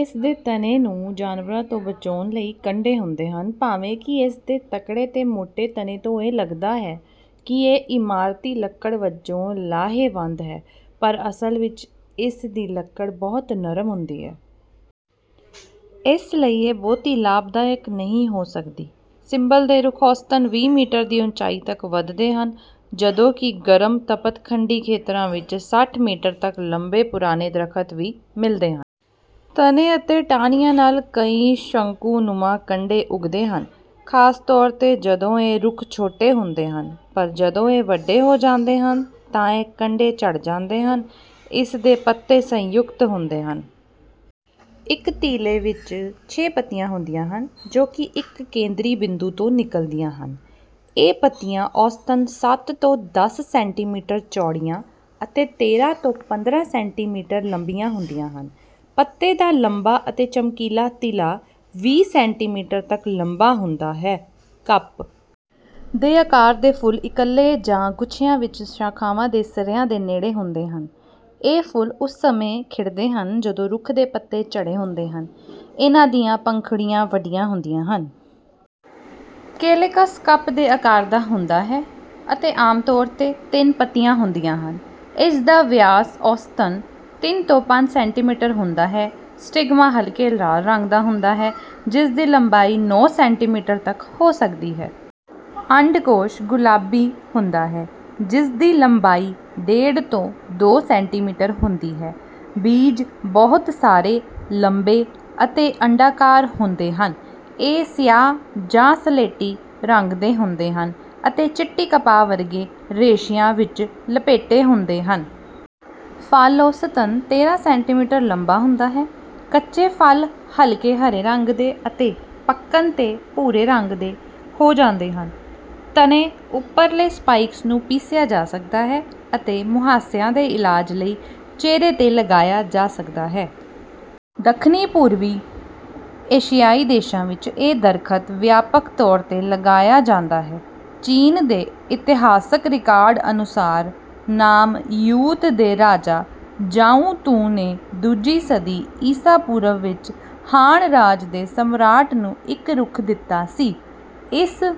ਇਸ ਦੇ ਤਣੇ ਨੂੰ ਜਾਨਵਰਾਂ ਤੋਂ ਬਚਾਉਣ ਲਈ ਕੰਡੇ ਹੁੰਦੇ ਹਨ। ਭਾਵੇਂ ਕਿ ਇਸ ਦੇ ਤਕੜੇ ਤੇ ਮੋਟੇ ਤਣੇ ਤੋਂ ਇਹ ਲੱਗਦਾ ਹੈ ਕਿ ਇਹ ਇਮਾਰਤੀ ਲੱਕੜ ਵਜੋਂ ਲਾਹੇਵੰਦ ਹੈ, ਪਰ ਅਸਲ ਵਿੱਚ ਇਸ ਦੀ ਲੱਕੜ ਬਹੁਤ ਨਰਮ ਹੁੰਦੀ ਹੈ। ਇਸ ਲਈ ਇਹ ਬਹੁਤੀ ਲਾਭਦਾਇਕ ਨਹੀਂ ਹੋ ਸਕਦੀ। ਸਿੰਬਲ ਦੇ ਰੁੱਖ ਔਸਤਨ ਵੀਹ ਮੀਟਰ ਦੀ ਉਚਾਈ ਤੱਕ ਵਧਦੇ ਹਨ, ਜਦੋਂ ਕਿ ਗਰਮ ਤਪਤ-ਖੰਡੀ ਖੇਤਰਾਂ ਵਿੱਚ ਸੱਠ ਮੀਟਰ ਤੱਕ ਲੰਮੇ ਪੁਰਾਣੇ ਦਰੱਖ਼ਤ ਵੀ ਮਿਲਦੇ ਹਨ। ਤਣੇ ਅਤੇ ਟਾਹਣੀਆਂ ਨਾਲ ਕਈ ਸ਼ੰਕੂ-ਨੁਮਾ ਕੰਡੇ ਉੱਗਦੇ ਹਨ, ਖ਼ਾਸ ਤੌਰ 'ਤੇ ਜਦੋਂ ਇਹ ਰੁੱਖ ਛੋਟੇ ਹੁੰਦੇ ਹਨ। ਪਰ ਜਦੋਂ ਇਹ ਵੱਡੇ ਹੋ ਜਾਂਦੇ ਹਨ ਤਾਂ ਇਹ ਕੰਡੇ ਝੜ ਜਾਂਦੇ ਹਨ। ਇਸ ਦੇ ਪੱਤੇ ਸੰਯੁਕਤ ਹੁੰਦੇ ਹਨ। ਇੱਕ ਤੀਲੇ ਵਿੱਚ ਛੇ ਪੱਤੀਆਂ ਹੁੰਦੀਆਂ ਹਨ, ਜੋ ਕਿ ਇੱਕ ਕੇਂਦਰੀ ਬਿੰਦੂ ਤੋਂ ਨਿਕਲਦੀਆਂ ਹਨ। ਇਹ ਪੱਤੀਆਂ ਔਸਤਨ ਸੱਤ ਤੋਂ ਦੱਸ ਸੈਂਟੀਮੀਟਰ ਚੌੜੀਆਂ ਅਤੇ ਤੇਰ੍ਹਾਂ ਤੋਂ ਪੰਦਰਾਂ ਸੈਂਟੀਮੀਟਰ ਲੰਬੀਆਂ ਹੁੰਦੀਆਂ ਹਨ। ਪੱਤੇ ਦਾ ਲੰਬਾ ਅਤੇ ਲਚਕੀਲਾ ਤੀਲਾ ਵੀਹ ਸੈਂਟੀਮੀਟਰ ਤੱਕ ਲੰਬਾ ਹੁੰਦਾ ਹੈ। ਕੱਪ ਦੇ ਆਕਾਰ ਦੇ ਫੁੱਲ ਇਕੱਲੇ ਜਾਂ ਗੁੱਛਿਆਂ ਵਿੱਚ ਸ਼ਾਖਾਵਾਂ ਦੇ ਸਿਰਿਆਂ ਦੇ ਨੇੜੇ ਹੁੰਦੇ ਹਨ। ਇਹ ਫੁੱਲ ਉਸ ਸਮੇਂ ਖਿੜਦੇ ਹਨ, ਜਦੋਂ ਰੁੱਖ ਦੇ ਪੱਤੇ ਝੜੇ ਹੁੰਦੇ ਹਨ। ਇਨ੍ਹਾਂ ਦੀਆਂ ਪੰਖੜੀਆਂ ਵੱਡੀਆਂ ਹੁੰਦੀਆਂ ਹਨ। ਕੈਲੇਕਸ ਕੱਪ ਦੇ ਆਕਾਰ ਦਾ ਹੁੰਦਾ ਹੈ ਅਤੇ ਆਮ ਤੌਰ 'ਤੇ ਤਿੰਨ ਪੱਤੀਆਂ ਹੁੰਦੀਆਂ ਹਨ। ਇਸ ਦਾ ਵਿਆਸ ਔਸਤਨ ਤਿੰਨ ਤੋਂ ਪੰਜ ਸੈਂਟੀਮੀਟਰ ਹੁੰਦਾ ਹੈ। ਸਟਿਗਮਾ ਹਲਕੇ ਲਾਲ ਰੰਗ ਦਾ ਹੁੰਦਾ ਹੈ, ਜਿਸ ਦੀ ਲੰਬਾਈ ਨੌਂ ਸੈਂਟੀਮੀਟਰ ਤੱਕ ਹੋ ਸਕਦੀ ਹੈ। ਅੰਡਕੋਸ਼ ਗੁਲਾਬੀ ਹੁੰਦਾ ਹੈ, ਜਿਸ ਦੀ ਲੰਬਾਈ ਡੇਢ ਤੋਂ ਦੋ ਸੈਂਟੀਮੀਟਰ ਹੁੰਦੀ ਹੈ। ਬੀਜ ਬਹੁਤ ਸਾਰੇ, ਲੰਬੇ ਅਤੇ ਅੰਡਾਕਾਰ ਹੁੰਦੇ ਹਨ। ਇਹ ਸਿਆਹ ਜਾਂ ਸਲੇਟੀ ਰੰਗ ਦੇ ਹੁੰਦੇ ਹਨ ਅਤੇ ਚਿੱਟੀ ਕਪਾਹ ਵਰਗੇ ਰੇਸ਼ਿਆਂ ਵਿੱਚ ਲਪੇਟੇ ਹੁੰਦੇ ਹਨ। ਫਲ ਔਸਤਨ ਤੇਰ੍ਹਾਂ ਸੈਂਟੀਮੀਟਰ ਲੰਬਾ ਹੁੰਦਾ ਹੈ। ਕੱਚੇ ਫਲ ਹਲਕੇ ਹਰੇ ਰੰਗ ਦੇ ਅਤੇ ਪੱਕਣ 'ਤੇ ਭੂਰੇ ਰੰਗ ਦੇ ਹੋ ਜਾਂਦੇ ਹਨ। ਤਣੇ ਉੱਪਰਲੇ ਸਪਾਈਕਸ ਨੂੰ ਪੀਸਿਆ ਜਾ ਸਕਦਾ ਹੈ ਅਤੇ ਮੁਹਾਂਸਿਆਂ ਦੇ ਇਲਾਜ ਲਈ ਚਿਹਰੇ 'ਤੇ ਲਗਾਇਆ ਜਾ ਸਕਦਾ ਹੈ। ਦੱਖਣੀ-ਪੂਰਬੀ ਏਸ਼ੀਆਈ ਦੇਸ਼ਾਂ ਵਿੱਚ ਇਹ ਦਰਖ਼ਤ ਵਿਆਪਕ ਤੌਰ 'ਤੇ ਲਗਾਇਆ ਜਾਂਦਾ ਹੈ। ਚੀਨ ਦੇ ਇਤਿਹਾਸਕ ਰਿਕਾਰਡ ਅਨੁਸਾਰ, ਨਾਮ ਯਿਊਤ ਦੇ ਰਾਜਾ ਜ਼ਾਓ ਤੁਓ ਨੇ ਦੂਜੀ ਸਦੀ ਈਸਾ ਪੂਰਵ ਵਿੱਚ ਹਾਨ ਰਾਜ ਦੇ ਸਮਰਾਟ ਨੂੰ ਇੱਕ ਰੁੱਖ ਦਿੱਤਾ ਸੀ। ਇਸ